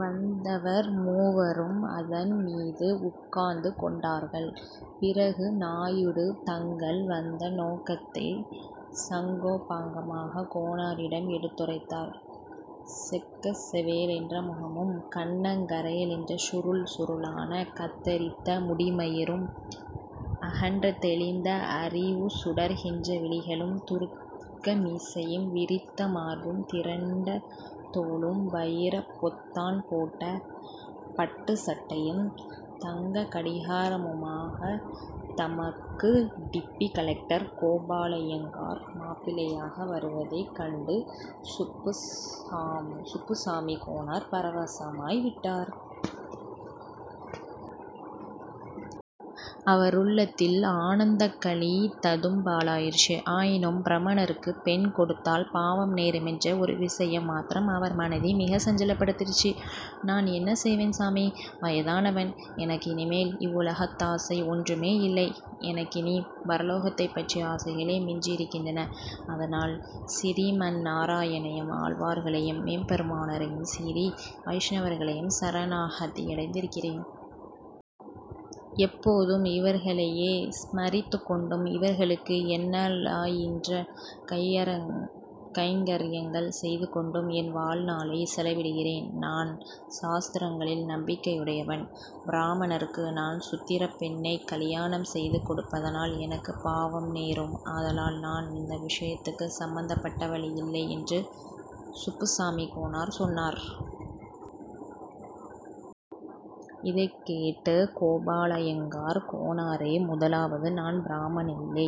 வந்தவர் மூவரும் அதன்மீது உட்கார்ந்து கொண்டார்கள். பிறகு, நாயுடு தங்கள் வந்த நோக்கத்தை சங்கோபாங்கமாகக் கோனாரிடம் எடுத்துரைத்தார். செக்கச்செவேலென்ற முகமும் கன்னங்கரேலென்ற சுருள் சுருளான கத்தரித்த முடிமயிரும், அகன்ற தெளிந்த அறிவுசுடர்கின்ற விழிகளும், துருக்கமீசையும், விரித்த மார்பும் திரண்ட தோளும், வயிரப் பொத்தான் போட்ட பட்டுச் சட்டையும், தங்க கடிகாரமுமாகத் தமக்கு டிப்டி கலெக்டர் கோபாலய்யங்கார் மாப்பிள்ளையாக வருவதைக் கண்டு சுப்புசாமிக் கோனார் பரவசமாய் விட்டார். அவருள்ளத்தில் ஆனந்தக்களி ததும்பலாயிற்று. ஆயினும் பிராமணருக்கு பெண் கொடுத்தால் பாவம் நேருமென்ற ஒரு விஷயம் மாத்திரம் அவர்மனதை மிகச் சஞ்சலப்படுத்திற்று. ''நான் என்ன செய்வேன். சாமி? வயதானவன். எனக்கு இனிமேல் இவ்வுலகத்தாசை ஒன்றுமேயில்லை. எனக்கினிப் பரலோக்ததைப் பற்றிய ஆசைகளே மிஞ்சியிருக்கின்றன. அதனால் சிறீமந் நாராயணனையும் ஆழ்வார்களையும் எம்பெருமானாரையும் சிறீ வைஷ்ணவர்களையும் சரணாகதியடைந்திருக்கிறேன். எப்போதும் இவர்களையே ஸ்மரித்துக் கொண்டும் இவர்களுக்கு என்னாலியன்ற கைங்கர்யங்கள் செய்து கொண்டும் என் வாழ்நாளைச் செலவிடுகிறேன். நான் சாஸ்திரங்களில் நம்பிக்கையுடையவன். பிராமணருக்கு நான் சூத்திரப் பெண்ணைக் கலியாணம் செய்து கொடுப்பதனால் எனக்குப் பாவம் நேரும். ஆதலால், நான் இந்த விஷயத்துக்கு சம்பதப்பட வழியில்லை'' என்று சுப்புசாமிக் கோனார் சொன்னார். இதைக் கேட்டு கோபாலய்யங்கார்-''கோனாரே, முதலாவது, நான் பிராமணனில்லை.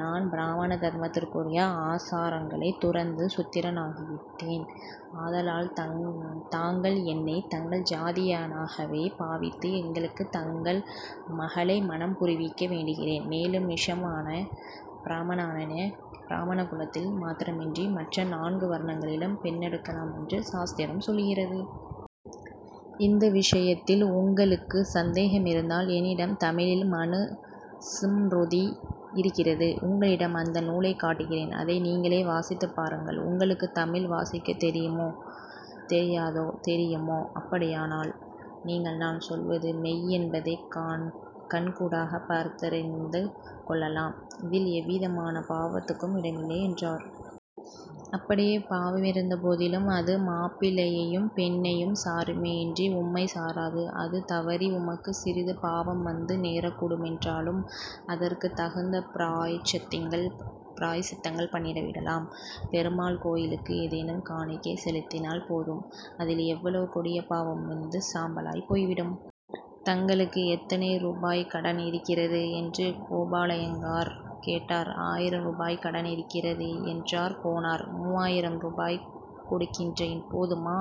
நான் பிராமண தர்மத்துக்குரிய ஆசாரங்களைத் துறந்து சூத்திரனாகிவிட்டேன். ஆதலால் தாங்கள் என்னைத் தங்கள் ஜாதியானாகவே பாவித்து, எனக்குத் தங்கள் மகளை மணம் புரிவிக்க வேண்டுகிறேன். மேலும் நிஷமான பிராமணனே பிராமண குலத்தில் மாத்திரமின்றி மற்ற நான்கு வர்ணங்களிலும் பெண்ணெடுக்கலாமென்று சாஸ்திரம் சொல்லுகிறது. இந்த விஷயத்தில் உங்களுக்கு சந்தேகமிருந்தால், என்னிடம் தமிழில் மனு ஸ்ம்ருதி இருக்கிறது; உங்களிடம் அந்த நூலைக் காட்டுகிறேன். அதை நீங்களே வாசித்துப் பாருங்கள். உங்களுக்குத் தமிழ் வாசிக்கத் தெரியுமோ, தெரியாதோ? தெரியுமோ? அப்படியானால் நீங்கள் நான் சொல்வது மெய்யென்பதைக் கண்கூடாகப் பார்த்தறிந்து கொள்ளலாம். இதில் எவ்விதமான பாவத்துக்கும் இடமில்லை'' என்றார். அப்படியே பாவமிருந்த போதிலும், அது மாப்பிள்ளையையும் பெண்ணையும் சாருமேயன்றி, உம்மைச் சாராது. அது தவறி, உமக்கு சிறிது பாவம் வந்து நேரக்கூடுமென்றாலும், அதற்குத் தகுந்த பிராயச்சித்தங்கள் பண்ணிடவிடலாம். பெருமாள் கோயிலுக்கு ஏதேனும் காணிக்கை செலுத்தினால் போதும். அதில் எவ்வளவு கொடிய பாவமும் வெந்து சாம்பலாய்ப் போய்விடும். ''தங்களுக்கு எத்தனை ரூபாய் கடன் இருக்கிறது? '' என்று கோபாலய்யங்கார் கேட்டார். ''ஆயிரம் ரூபாய் கடன் இருக்கிறது'' என்றார் கோனார். ''மூவாயிரம் ரூபாய் கொடுக்கின்றேன்; போதுமா?